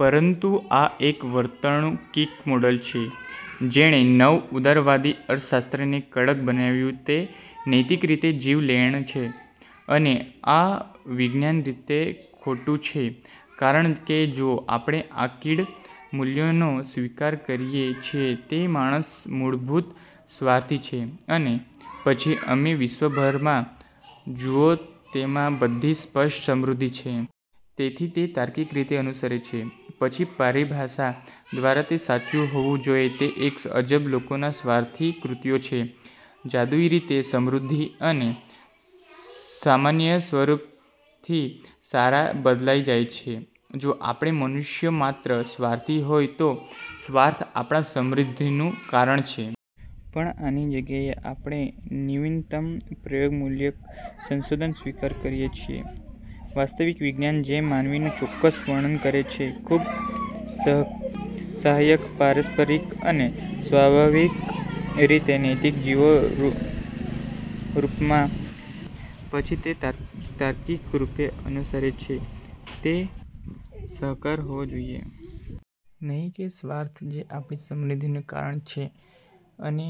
પરંતુ આ એ વર્તણૂકિક મોડેલ છે જેણે નવ ઉદારવાદી અર્થશાસ્ત્રને કડક બનાવ્યુ તે નૈતિક રીતે જીવલેણ છે. અને આ વિજ્ઞાન રીતે ખોટું છે કારણ કે જો આપણે આંકીટ મૂલ્યોનો સ્વીકાર કરીએ છીએ તે માણસ મૂળભૂત સ્વાર્થી છે અને પછી અમે વિશ્વભરમાં જુઓ તેમાં બધી સ્પષ્ટ સમૃદ્ધિ છે. તેથી તે તાર્કિક રીતે અનુસરે છે. પછી પરીભાષા દ્વારા તે સાચું હોવું જોઈએ તે એક અબજ લોકોના સ્વાર્થી કૃત્યો છે. જાદુઈ રીતે સમૃદ્ધિ અને સામાન્ય સ્વરૂપથી સારામાં બદલાઈ જાય છે. જો આપણે મનુષ્ય માત્ર સ્વાર્થી હોય તો સ્વાર્થ આપણા સમૃદ્ધિનું કારણ છે. પણ, આની જગ્યાએ આપડે નવીનતમ પ્રયોગમૂલક સંશોધન સ્વીકાર કરીએ છીએ વાસ્તવિક વિજ્ઞાન જે માનવીનું ચોક્કસ વર્ણન કરે છે. ખૂબ સહાયક, પારસ્પરીક અને સ્વાભાવિક રીતે નૈતિક જીવો રૂપમાં. પછી તે તાર્કિક રૂપે અનુસરે છે કે તે સહકાર હોવો જોઈએ. નહી કે સ્વાર્થ જે આપણી સમૃદ્ધિનું કારણ છે અને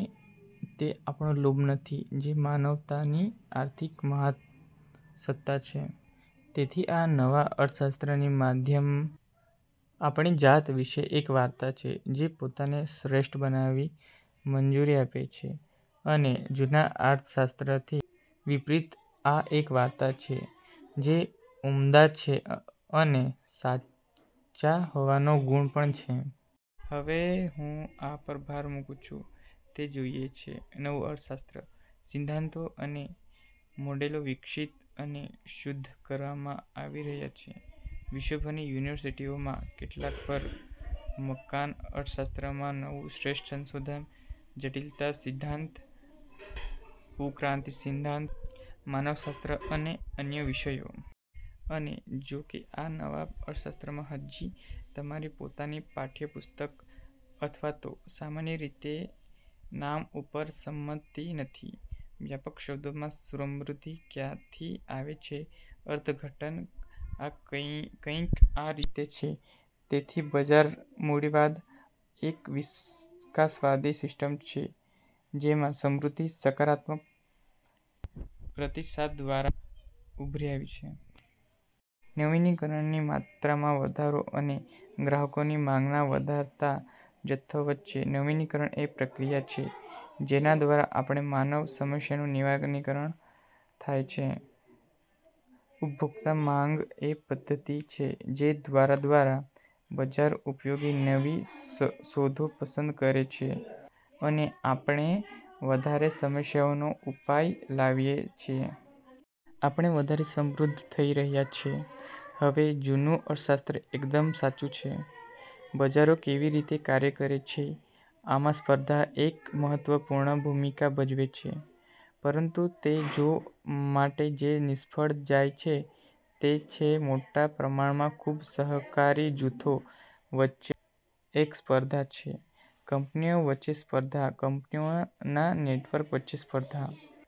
તે આપણો લોભ નથી જે માનવતાની આર્થિક મહાસત્તા છે. તેથી, આ નવા અર્થશાસ્ત્રની મધ્યમાં આપણી જાત વિશે એક વાર્તા છે જે પોતાને શ્રેષ્ઠ બનવાની મંજૂરી આપે છે અને જૂના અર્થશાસ્ત્રથી વિપરીત આ એક વાર્તા છે જે ઉમદા છે અને સાચા હોવાનો ગુણ પણ છે. હવે, હું આ પર ભાર મૂકું છું તે જોઈએ છે નવું અર્થશાસ્ત્ર. સિદ્ધાંતો અને મોડેલો વિકસિત અને શુદ્ધ કરવામાં આવી રહ્યા છે. વિશ્વભરની યુનિવર્સિટીઓમાં કેટલાક પર મકાન અર્થશાસ્ત્રમાં નવું શ્રેષ્ઠ સંશોધન, જટિલતા સિદ્ધાંત, ઉત્ક્રાંતિ સિદ્ધાંત, માનવશાસ્ત્ર અને અન્ય વિષયો. અને જોકે આ નવા અર્થશાસ્ત્રમાં હજી તમારી પોતાની પાઠયપુસ્તક અથવાતો સામાન્ય રીતે નામ ઉપર સંમત નથી, વ્યાપક શબ્દોમાં સમૃદ્ધિ ક્યાંથી આવે છે અર્થઘટન આ કંઈક આ રીતે છે. તેથી, બજાર મૂડીવાદ એક વિકાસવાદી સિસ્ટમ છે જેમાં સમૃદ્ધિ સકારાત્મક પ્રતિસાદ દ્વારા ઉભરી આવે છે. નવીકરણની માત્રામાં વધારોઅને ગ્રાહકોની માંગના વધતા જથ્થા વચ્ચે. નવીકરણ એ પ્રક્રિયા છે જેના દ્વારા આપણે માનવ સમસ્યાઓનું નિરાકરણ થાય છે. ઉપભોક્તા માંગ એ તે પદ્ધતિ છે જે દ્વારા દ્વારા બજાર ઉપયોગી નવી શોધો પસંદ કરે છે અને આપણે વધારે સમસ્યાઓનો ઉપાય લાવીએ છીએ. આપણે વધારે સમૃદ્ધ થઈ રહ્યા છીયે. હવે, જૂનું અર્થશાસ્ત્ર એકદમ સાચૂ છે. બજારો કેવી રીતે કાર્ય કરે છે આમાં સ્પર્ધા એક મહત્વપૂર્ણ ભૂમિકા ભજવે છે પરંતુ તે જોવા માટે જે નિષ્ફળ જાય છે તે છે મોટા પ્રમાણમાં ખૂબ સહકારી જૂથો વચ્ચે એક સ્પર્ધા છે. કંપનીઓ વચ્ચે સ્પર્ધા, કંપનીઓના નેટવર્ક વચ્ચે સ્પર્ધા.